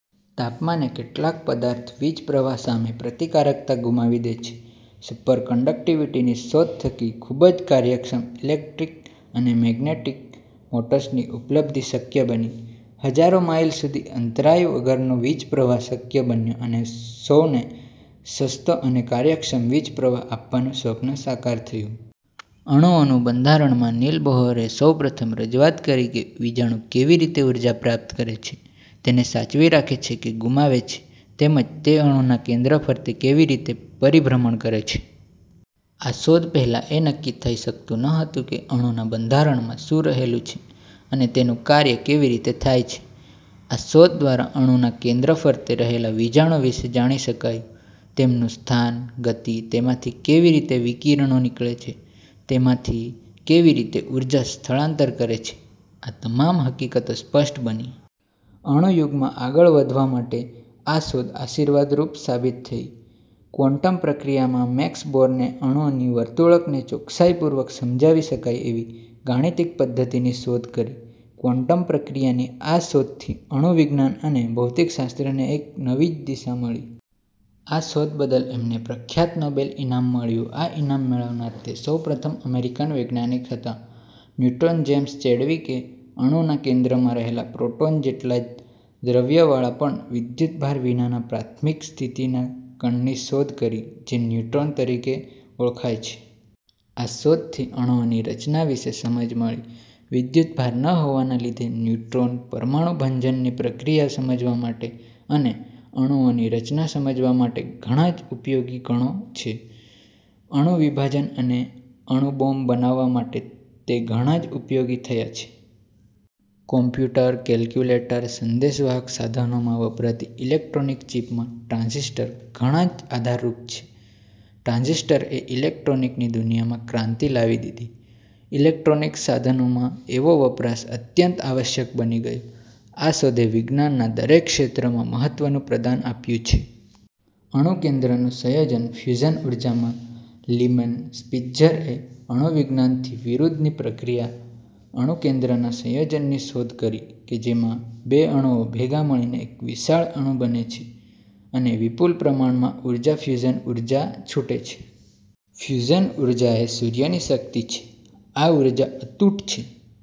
તાપમાને કેટલાક પદાર્થ વીજપ્રવાહ સામે પ્રતિકારકતા ગુમાવી દે છે. સુપર કંડકટીવીટીની શોધ થકી ખુબ જ કાર્યક્ષમ ઇલેક્ટ્રિક અને મેગ્નેટિક મોટર્સની ઉપલબ્ધી શક્ય બની. હજારો માઈલ સુધી અંતરાય વગરનો વીજપ્રવાહ શક્ય બન્યો અને સૌને સસ્તો અને કાર્યક્ષમ વીજપ્રવાહ આપવાનું સ્વપ્ન સાકાર થયું. અણુઓનું બંધારણ માં નીલ બોહરએ સૌપ્રથમ રજૂઆત કરી કે વિજાણુ કેવી રીતે ઊર્જા પ્રાપ્ત કરે છે, તેને સાચવી રાખે છે કે ગુમાવે છે તેમજ તે અણુના કેન્દ્ર ફરતે કેવી રીતે પરિભ્રમણ કરે છે. આ શોધ પહેલાં એ નક્કી થઇ શકતું નહોતું કે અણુના બંધારણમાં શું રહેલું છે અને તેનું કાર્ય કેવી રીતે થાય છે. આ શોધ દ્વારા અણુના કેન્દ્ર ફરતે રહેલા વિજાણુ વિષે જાણી શકાયું. તેમનું સ્થાન, ગતિ, તેમાંથી કેવી રીતે વિકિરણો નીકળે છે, તેમાંથી કેવી રીતે ઊર્જા સ્થળાંતર કરે છે આ તમામ હકીકતો સ્પષ્ટ બની. અણુયુગમાં આગળ વધવા માટે આ શોધ આશીર્વાદરૂપ સાબિત થઇ. ક્વોન્ટમ પ્રક્રિયા માં મેક્સ બોર્નએ અણુઓની વર્તણુકને ચોકસાઈપૂર્વક સમજાવી શકાય એવી ગાણિતિક પધ્ધતિની શોધ કરી. ક્વોન્ટમ પ્રક્રિયાની આ શોધથી અણુવિજ્ઞાન અને ભૌતિકશાસ્ત્રને એક નવી જ દિશા મળી. આ શોધ બદલ એમને પ્રખ્યાત નોબેલ ઇનામ મળ્યું. આ ઇનામ મેળવનાર તે સૌપ્રથમ અમેરિકન વૈજ્ઞાનિક હતા. ન્યુટ્રોન જેમ્સ ચેડવિકએ અણુના કેન્દ્રમાં રહેતા પ્રોટૉન જેટલા જ દ્રવ્યવાળા પણ વિદ્યુતભાર વિનાના પ્રાથમિક સ્થિતિના કણની શોધ કરી જે ન્યુટ્રોન તરીકે ઓળખાય છે. આ શોધથી અણુઓની રચના વિષે સમજ મળી. વિદ્યુતભાર ન હોવાને લીધે ન્યુટ્રોન, પરમાણુભંજનની પ્રક્રિયા સમજવા માટે અને અણુઓની રચના સમજવા માટે ઘણા જ ઉપયોગી કણો છે. અણુ વિભાજન અને અણુ બોમ્બ બનાવવા માટે તે ઘણા જ ઉપયોગી થયા છે. કોમ્પ્યુટર, કેલ્ક્યુલેટર, સંદેશવાહક સાધનોમાં વપરાતી ઈલેક્ટ્રોનિક ચીપમાં ટ્રાન્ઝીસ્ટર ઘણા જ આધારરૂપ છે. ટ્રાન્ઝીસ્ટરએ ઈલેક્ટ્રોનિકસની દુનિયામાં ક્રાંતિ લાવી દીધી. ઈલેક્ટ્રોનિકસ સાધનોમાં એનો વપરાશ અત્યંત આવશ્યક બની ગયો. આ શોધે વિજ્ઞાનના દરેક ક્ષેત્રમાં મહત્વનું પ્રદાન આપ્યું છે. અણુકેન્દ્રનું સંયોજન ફ્યુઝન ઊર્જા માં લીમેન સ્પીત્ઝરએ અણુવિભાજનથી વિરુદ્ધની પ્રક્રિયા અણુકેન્દ્રના સંયોજનની શોધ કરી કે જેમાં બે અણુઓ ભેગા મળીને એક વિશાળ અણુ બને છે અને વિપુલ પ્રમાણમાં ઊર્જા ફ્યુઝન ઊર્જા છૂટે છે. ફ્યુઝન ઊર્જા એ સૂર્યની શક્તિ છે. આ ઊર્જા અખૂટ છે।